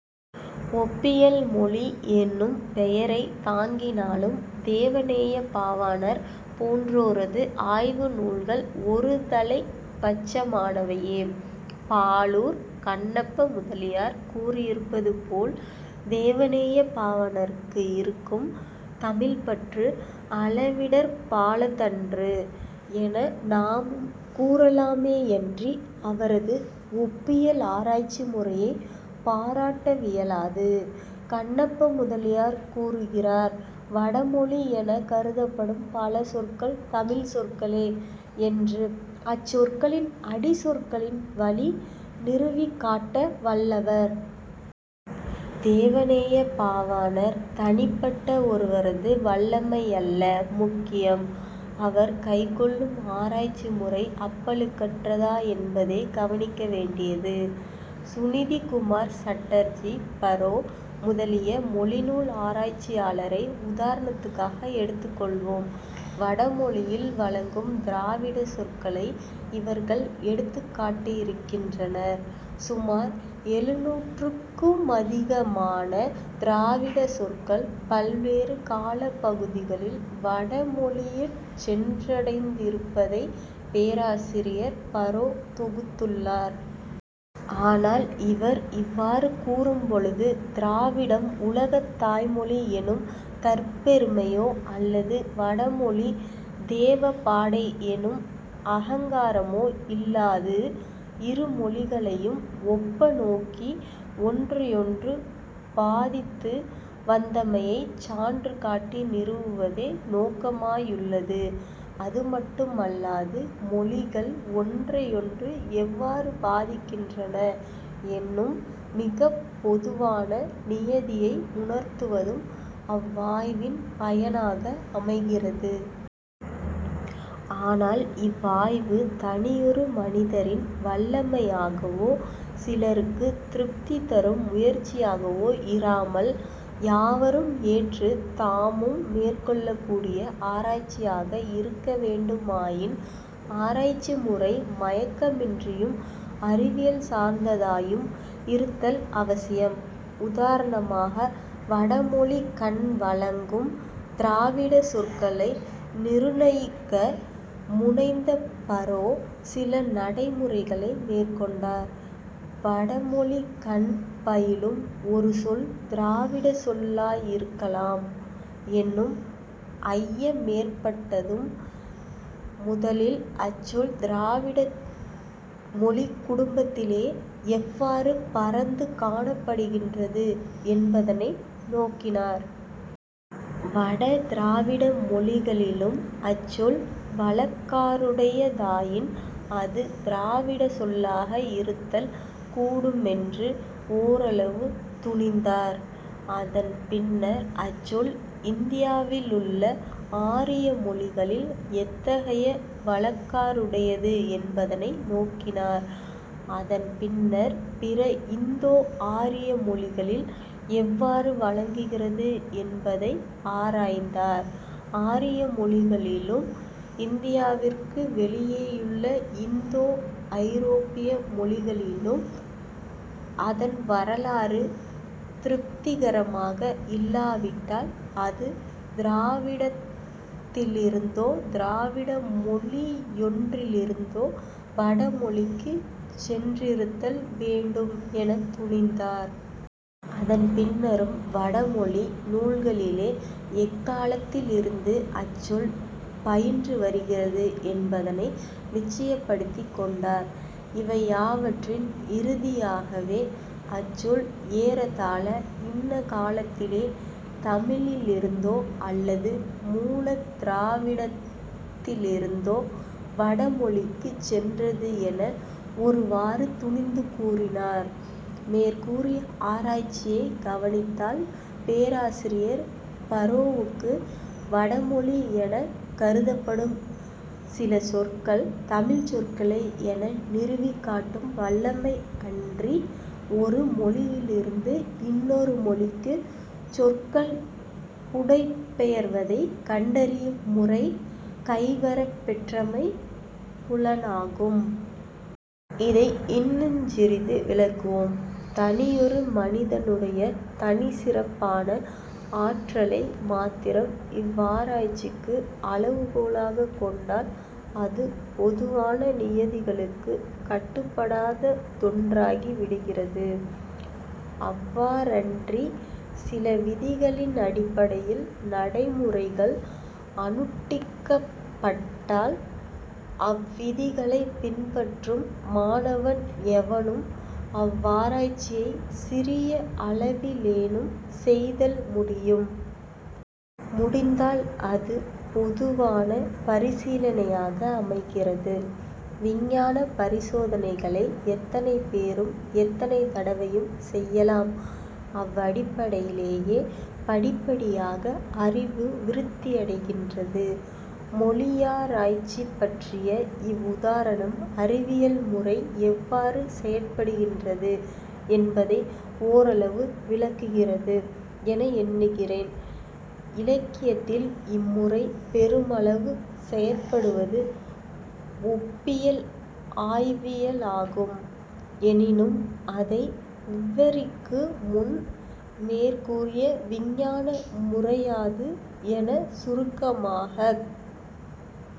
ஒப்பியல் மொழி என்னும் பெயரைத் தாங்கினாலும் தேவ நேயப்பாவாணர் போன்றோரது ஆய்வு நூல்கள் ஒரு தலைப் பட்சமானவையே. பாலூர் கண்ணப்ப முதலியார் கூறியிருப்பதுபோல் தேவநேயப் பாவாணருக்கு இருக்கும் தமிழ்ப்பற்று அளவிடற்பாலதன்று என நாமும் கூறலாமேயன்றி அவரது ஒப்பியல் ஆராய்ச்சி முறையைப் பாராட்டவியலாது. கண்ணப்பமுதலியார் கூறுகிறார் வட மொழி எனக் கருதப்படும் பல சொற்கள் தமிழ் சொற்களே என்று அச்சொற்களின் அடிச் சொற்களின் வழி நிறுவிக்காட்ட வல்லவர். தேவநேயப் பாவாணர் தனிப்பட்ட ஒருவரது வல்லமையல்ல முக்கியம், அவர் கைக்கொள்ளும் ஆராய்ச்சி முறை அப்பழுக்கற்றதா என்பதே கவனிக்க வேண்டியது. சுநிதிகுமார் சட்டர்ஜி பறோ முதலிய மொழிநூல் ஆராய்ச்சியாளரை உதாரணத்துக்காக எடுத்துக் கொள்வோம். வட மொழியில் வழங்கும் திராவிடச் சொற்களை இவர்கள் எடுத்துக் காட்டியிருக்கின்றனர் சுமார் எழுநூற்றுக்குமதிகமான திராவிடச் சொற்கள் பல்வேறு காலப் பகுதிகளில் வட மொழியிற் சென்றடைந்திருப்பதைப் பேராசிரியர் பறோ தொகுத்துள்ளார். ஆனால் இவர் இவ்வாறு கூறும் பொழுது திராவிடம் உலகத் தாய்மொழி என்னும் தற்பெருமையோ அல்லது வட மொழி தேவபாடை என்னும் அகங்காரமோ இல்லாது இருமொழிகளையும் ஒப்பநோக்கி ஒன்றையொன்று பாதித்து வந்தமையைச் சான்று காட்டி நிறுவுவதே நோக்கமாயுள்ளது. அது மட்டுமல்லாது மொழிகள் ஒன்றையொன்று எவ்வாறு பாதிக்கின்றன என்னும் மிகப் பொதுவான நியதியை உணர்த்துவதும் அவ்வாய்வின் பயனாக அமைகிறது. ஆனால் இவ்வாய்வு தனியொரு மனிதரின் வல்லமையாகவோ சிலருக்குத் திருப்தி தரும் முயற்சியாகவோ இராமல் யாவரும் ஏற்றுத் தாமும் மேற்கொள்ளக்கூடிய ஆராய்ச்சியாக இருக்க வேண்டுமாயின் ஆராய்ச்சி முறை மயக்கமின்றியும் அறிவியல் சார்ந்ததாயும் இருத்தல் அவசியம். உதாரணமாக வடமொழிக்கண் வழங்கும் திராவிடச் சொற்களை நிருணயிக்க முனைந்த பறோ சில நடைமுறைகளை மேற்கொண்டார் வடமொழிக்கண் பயிலும் ஒரு சொல் திராவிடச் சொல்லாயிருக்கலாம் என்னும் ஐயமேற்பட்டதும் முதலில் அச்சொல் திராவிட மொழிக் குடும்பத்திலே எவ்வாறு பரந்து காணப்படுகின்றது என்பதனை நோக்கினார். வட திராவிட மொழிகளிலும் அச்சொல் வழக்காறுடையதாயின் அது திராவிடச் சொல்லாக இருத்தல் கூடுமென்று ஓரளவு துணிந்தார். அதன் பின்னர் அச்சொல் இந்தியாவிலுள்ள ஆரிய மொழிகளில் எத்தகைய வழக்காறுடையது என்பதனை நோக்கினார். அதன் பின்னர் பிற இந்தோ ஆரிய மொழிகளில் எவ்வாறு வழங்குகிறது என்பதை ஆராய்ந்தார். ஆரிய மொழிகளிலும் இந்தியாவிற்கு வௌியேயுள்ள இந்தோ ஐரோப்பிய மொழிகளிலும் அதன் வரலாறு திருப்திகரமாக இல்லா விட்டால் அது திராவிடத்திலிருந்தோ திராவிட மொழியொன்றிலிருந்தோ வட மொழிக்குச் சென்றிருத்தல் வேண்டும் எனத் துணிந்தார். அதன் பின்னரும் வட மொழி நூல்களிலே எக்காலத்திலிருந்து அச் சொல் பயின்று வருகிறது என்பதனை நிச்சயப்படுத்திக் கொண்டார். இவையாவற்றின் இறுதியாகவே அச் சொல் ஏறத்தாழ இன்ன காலத்திலே தமிழிலிருந்தோ அல்லது மூலத் திராவிடத்திலிருந்தோ வட மொழிக்குச் சென்றது என ஒருவாறு துணிந்து கூறினார். மேற்கூறிய ஆராய்ச்சியைக் கவனித்தால் பேராசிரியர் பறோவுக்கு வடமொழி எனக் கருதப்படும் சில சொற்கள் தமிழ்ச் சொற்களே என நிறுவிக் காட்டும் வல்லமை அன்றி ஒரு மொழியிலிருந்து இன்னொரு மொழிக்குச் சொற்கள் புடை பெயர்வதைக் கண்டறியும் முறை கைவரப் பெற்றமை புலனாகும். இதை இன்னுஞ் சிறிது விளக்குவோம். தனியொரு மனிதனுடைய தனிச் சிறப்பான ஆற்றலை மாத்திரம் இவ்வாராய்ச்சிக்கு அளவு கோலாகக் கொண்டால் அது பொதுவான நியதிகளுக்குக் கட்டுப்படாத தொன்றாகி விடுகிறது. அவ்வாறன்றிச் சில விதிகளினடிப்படையில் நடை முறைகள் அனுட்டிக்கப் பட்டால் அவ்விதிகளைப் பின்பற்றும் மாணவன் எவனும் அவ்வாராய்ச்சியைச் சிறிய அளவிலேனும் செய்தல் முடியும். முடிந்தால் அது பொதுவான பரிசீலனையாக அமைகிறது. விஞ்ஞானப் பரிசோதனைகளை எத்தனை பேரும் எத்தனை தடவையும் செய்யலாம் அவ்வடிப்படையிலேயே படிப்படியாக அறிவு விருத்தியடைகின்றது. மொழியாராய்ச்சி பற்றிய இவ்வுதாரணம் அறிவியல் முறை எவ்வாறு செயற்படுகின்றது என்பதை ஓரளவு விளக்குகிறது என எண்ணுகிறேன். இலக்கியத்தில் இம்முறை பெருமளவு செயற்படுவது ஒப்பியல் ஆய்வியலாகும் எனினும் அதை விவரிக்குமுன் மேற்கூறிய விஞ்ஞான முறையாது எனச் சுருக்கமாகக்